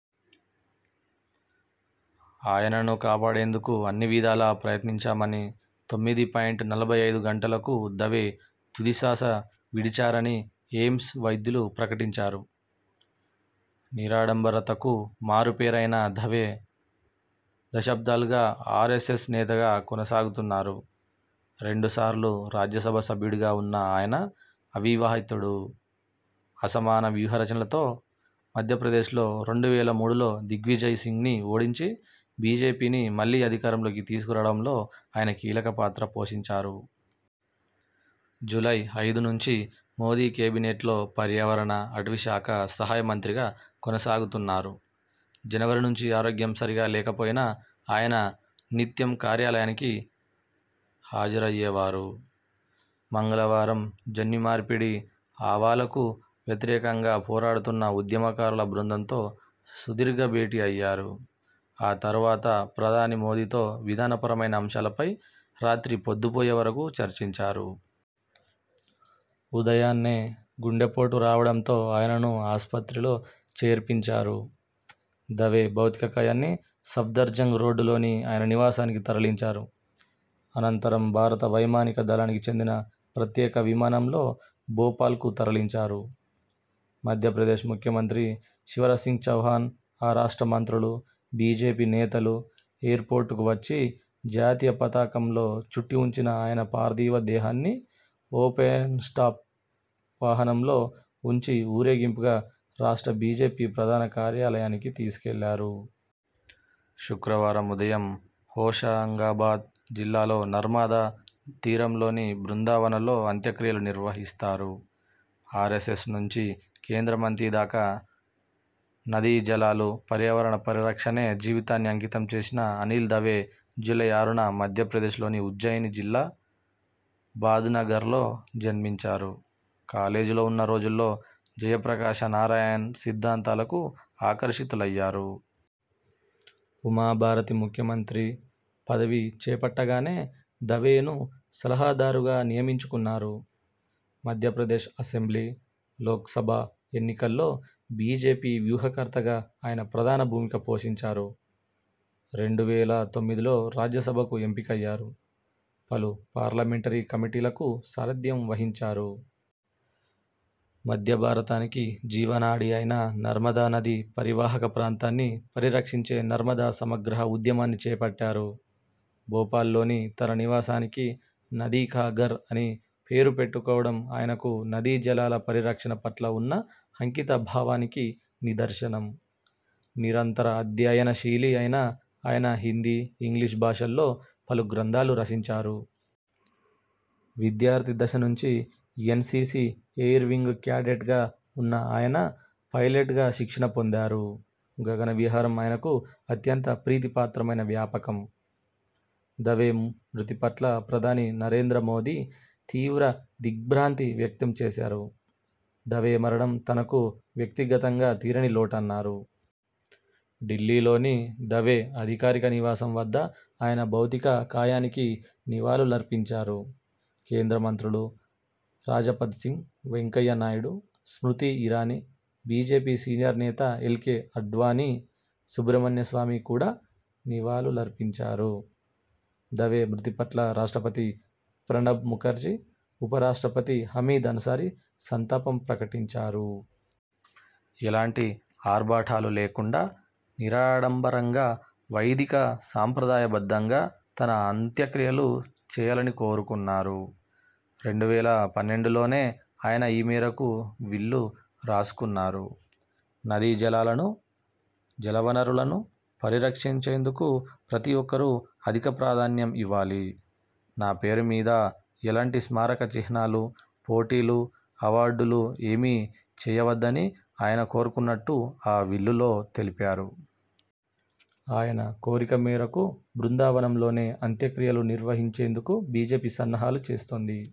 ఆయనను కాపాడేందుకు అన్నివిధాలా ప్రయత్నించామని, తొమ్మిది పాయింట్ నలభై ఐదు గంటలకు దవే తుదిశ్వాస విడిచారని ఎయిమ్స్ వైద్యులు ప్రకటించారు. నిరాడంబరతకు మారుపేరైన దవే దశాబ్దాలుగా ఆర్ఎ్సఎస్ నేతగా కొనసాగుతున్నారు. రెండు సార్లు రాజ్యసభ సభ్యుడిగా ఉన్న ఆయన అవివాహితుడు. అసమాన వ్యూహరచనతో మధ్య ప్రదేశ్ లో రెండు వేల మూడులో దిగ్విజయ్ సింగ్ను ఓడించి, బీజేపీని మళ్లీ అధికారం లోకి తీసుకు రావడంలో ఆయన కీలక పాత్ర పోషించారు. జూలై ఐదు నుంచి మోదీ కేబినెట్లో పర్యావరణ, అటవీ శాఖ సహాయ మంత్రిగా కొనసాగుతున్నారు. జనవరి నుంచి ఆరోగ్యం సరిగా లేకపోయినా ఆయన నిత్యం కార్యాలయానికి హాజరయ్యేవారు. మంగళవారం జన్యుమార్పిడి ఆవాలకు వ్యతిరేకంగా పోరాడుతున్న ఉద్యమకారుల బృందంతో సుదీర్ఘ భేటీ అయ్యారు. ఆ తరవాత ప్రధాని మోదీతో విధాన పరమైన అంశాలపై రాత్రి పొద్దు పోయే వరకు చర్చించారు. ఉదయాన్నే గుండెపోటు రావడంతో ఆయనను ఆస్పత్రిలో చేర్పించారు. దవే భౌతిక కాయాన్ని సఫ్దర్జంగ్ రోడ్డులోని ఆయన నివాసానికి తరలించారు. అనంతరం భారత వైమానిక దళానికి చెందిన ప్రత్యేక విమానంలో భోపాల్కు తరలించారు. మధ్యప్రదేశ్ ముఖ్య మంత్రి శివరాజ్సింగ్ చౌహాన్, ఆ రాష్ట్ర మంత్రులు, బీజేపీ నేతలు ఎయిర్పోర్టుకు వచ్చి, జాతీయ పతాకంలో చుట్టి ఉంచిన ఆయన పార్థివ దేహా న్ని ఓపెన్టాప్ వాహనంలో ఉంచి ఊరేగింపుగా రాష్ట్ర బీజేపీ ప్రధాన కార్యాలయానికి తీసుకెళ్లారు. శుక్రవారం ఉదయం హోషంగాబాద్ జిల్లాలో నర్మదా తీరంలోని బృందావనలో అంత్యక్రియలు నిర్వహిస్తారు. ఆర్ఎస్ఎస్ నుంచి కేంద్ర మంత్రి దాకా నదీ జలాలు, పర్యావరణ పరిరక్షణకే జీవితాన్ని అంకితం చేసిన అనిల్ దవే జూలై ఆరున మధ్యప్రదేశ్ లోని ఉజ్జయిన జిల్లా బాద్నగర్లో జన్మించారు. కాలేజీలో ఉన్న రోజుల్లో జయప్రకాశ నారాయణ్ సిద్ధాంతాలకు అకర్షితులయ్యారు. ఉమా భారతి ముఖ్య మంత్రి పదవి చేపట్టగానే దవేను సలహాదారుగా నియమించుకున్నారు. మధ్య ప్రదేశ్ అసెంబ్లీ, లోక్సభ ఎన్నికల్లో బీజేపీ వ్యూహ కర్తగా ఆయన ప్రధాన భూమిక పోషించారు. రెండు వేల తొమ్మిదిలో రాజ్య సభకు ఎంపికయ్యారు. పలు పార్లమెంటరీ కమిటీలకు సారథ్యం వ హించారు. మధ్య భారతానికి జీవనాడి అయిన నర్మదా నది పరీవాహక ప్రాంతాన్ని పరిరక్షించే నర్మద సమగ్రహ ఉద్యమాన్ని చేపట్టారు. భోపాల్లోని తన నివాసానికి నదీ కా ఘర్ అని పేరు పెట్టు కోవడం ఆయనకు నదీ జలాల పరిరక్షణ పట్ల ఉన్న అంకిత భావానికి నిదర్శనం. నిరంతర అధ్యయన శీలి అయిన ఆయన హిందీ, ఇంగ్లిష్ భాషల్లో పలు గ్రంథాలు రచించారు. విద్యార్థి దశ నుంచి ఎన్సీసీ ఎయిర్ వింగ్ క్యాడెట్గా ఉన్న ఆయన పైలెట్గా శిక్షణ పొందారు. గగన విహారం ఆయనకు అత్యంత ప్రీతి పాత్రమైన వ్యాపకం. దవే మృతి పట్ల ప్రధాని నరేంద్ర మోదీ తీవ్ర దిగ్ర్భాంతి వ్యక్తం చేశారు. దవే మరణం తనకు వ్యక్తి గతంగా తీరని లోటన్నారు. ఢిల్లీ లోని దవే అధికారిక నివాసం వద్ద ఆయన భౌతిక కాయానికి నివాళులర్పించారు. కేంద్ర మంత్రులు రాజపద్ సింగ్, వెంకయ్య నాయుడు, స్మృతి ఇరానీ, బీజేపీ సీనియర్ నేత ఎల్కే ఆడ్వాణీ, సుబ్రమణ్య స్వామి కూడా నివాళులర్పించారు దవే మృతి పట్ల రాష్ట్రపతి ప్రణబ్ ముఖర్జీ, ఉప రాష్ట్రపతి హమీద్ అన్సారీ సంతాపం ప్రకటించారు. ఎలాంటి ఆర్భాటాలు లేకుండా నిరాడంబరంగా, వైదిక సంప్రదాయ బద్ధంగా తన అంత్యక్రియలు చేయాలని కోరుకున్నారు. రెండు వేల పన్నెండులోనే ఆయన ఈ మేరకు విల్లు రాసుకున్నారు. 'నదీ జలాలను, జలవనరులను పరిరక్షించేందుకు ప్రతి ఒక్కరూ అధిక ప్రాధాన్యం ఇవ్వాలి. నా పేరు మీద ఎలాంటి స్మారక చిహ్నాలు, పోటీలు, అవార్డులు ఏమి చేయవద్ద'ని ఆయన కోరుకున్నట్టు ఆ విల్లులో తెలిపారు. ఆయన కోరిక మేరకు, బృందా వనంలోనే అత్యక్రియలు నిర్వహించేందుకు బీజేపీ సన్నాహాలు చేస్తోంది.